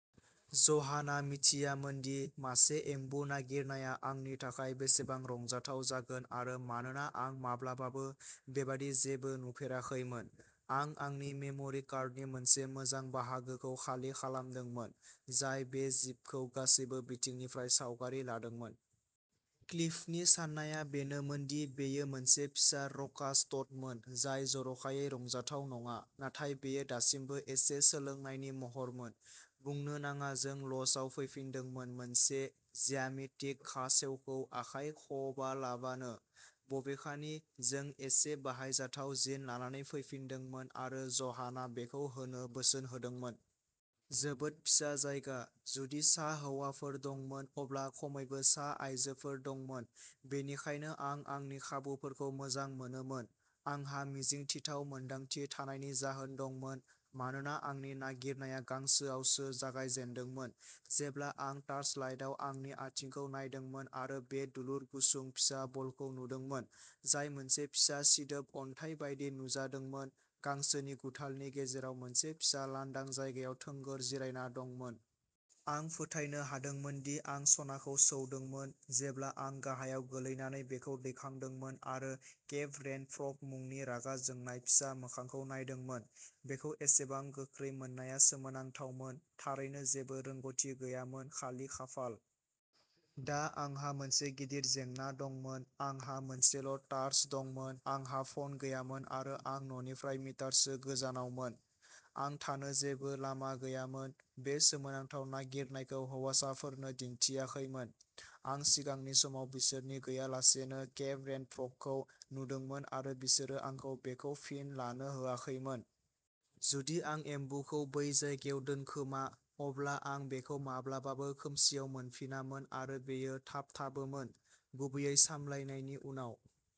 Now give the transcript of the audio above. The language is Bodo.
ज'हानआ मिथियामोन दि मासे एम्बु नागिरनाया आंनि थाखाय बेसेबां रंजाथाव जागोन आरो मानोना आं माब्लाबाबो बेबादि जेबो नुफेराखैमोन, आं आंनि मेम'रि कार्डनि मोनसे मोजां बाहागोखौ खालि खालामदोंमोन, जाय बे जिबखौ गासैबो बिथिंनिफ्राय सावगारि लादोंमोन। क्लिफनि साननाया बेनोमोन दि बेयो मोनसे फिसा र'कास ट'डमोन, जाय जर'खायै रंजाथाव नङा, नाथाय बेयो दासिमबो एसे सोलोंनायनि महरमोन। बुंनो नाङा जों ल'जआव फैफिन्दोंमोन मोनसे ज्यामितिक खासेवखौ आखाइ खबालाबानो। बबेखानि, जों एसे बाहायजाथाव जिन लानानै फैफिन्दोंमोन आरो ज'हाना बेखौ होनो बोसोन होदोंमोन। जोबोद फिसा जायगा। जुदि सा हौवाफोर दंमोन, अब्ला खमैबो सा आइजोफोर दंमोन, बेनिखायनो आं आंनि खाबुफोरखौ मोजां मोनोमोन। आंहा मिजिंथिथाव मोन्दांथि थानायनि जाहोन दंमोन मानोना आंनि नागिरनाया गांसोआवसो जागायजेन्दोंमोन जेब्ला आं टार्चलाइटआव आंनि आथिंखौ नायदोंमोन आरो बे दुलुर, गुसुं फिसा बलखौ नुदोंमोन, जाय मोनसे फिसा सिदोब अन्थाइ बायदि नुजादोंमोन, गांसोनि गुथालनि गेजेराव मोनसे फिसा लांदां जायगायाव थोंगोर जिरायना दंमोन। आं फोथायनो हादोंमोन दि आं सनाखौ सौदोंमोन जेब्ला आं गाहायाव गोलैनानै बेखौ दैखांदोंमोन आरो केप रेन फ्रग मुंनि रागा जोंनाय फिसा मोखांखौ नायदोंमोन। बेखौ एसेबां गोख्रै मोननाया सोमोनांथावमोन। थारैनो जेबो रोंग'थि गैयामोन-खालि खाफाल। दा आंहा मोनसे गिदिर जेंना दंमोन। आंहा मोनसेल'टार्च दंमोन, आंहा फन गैयामोन आरो आं न'निफ्राय मिटारसो गोजानावमोन। आं थानो जेबो लामा गैयामोन। बे सोमोनांथाव नागिरनायखौ हौवासाफोरनो दिन्थियाखैमोन। आं सिगांनि समाव बिसोरनि गैयालासेनो केप रेन फ्रगखौ नुदोंमोन आरो बिसोरो आंखौ बेखौ फिन लानो होआखैमोन। जुदि आं एम्बुखौ बै जायगायाव दोनखोमा, अब्ला आं बेखौ माब्लाबाबो खोमसिआव मोनफिनामोन आरो बेयो थाबथाबोमोन, गुबैयै सामलायनायनि उनाव।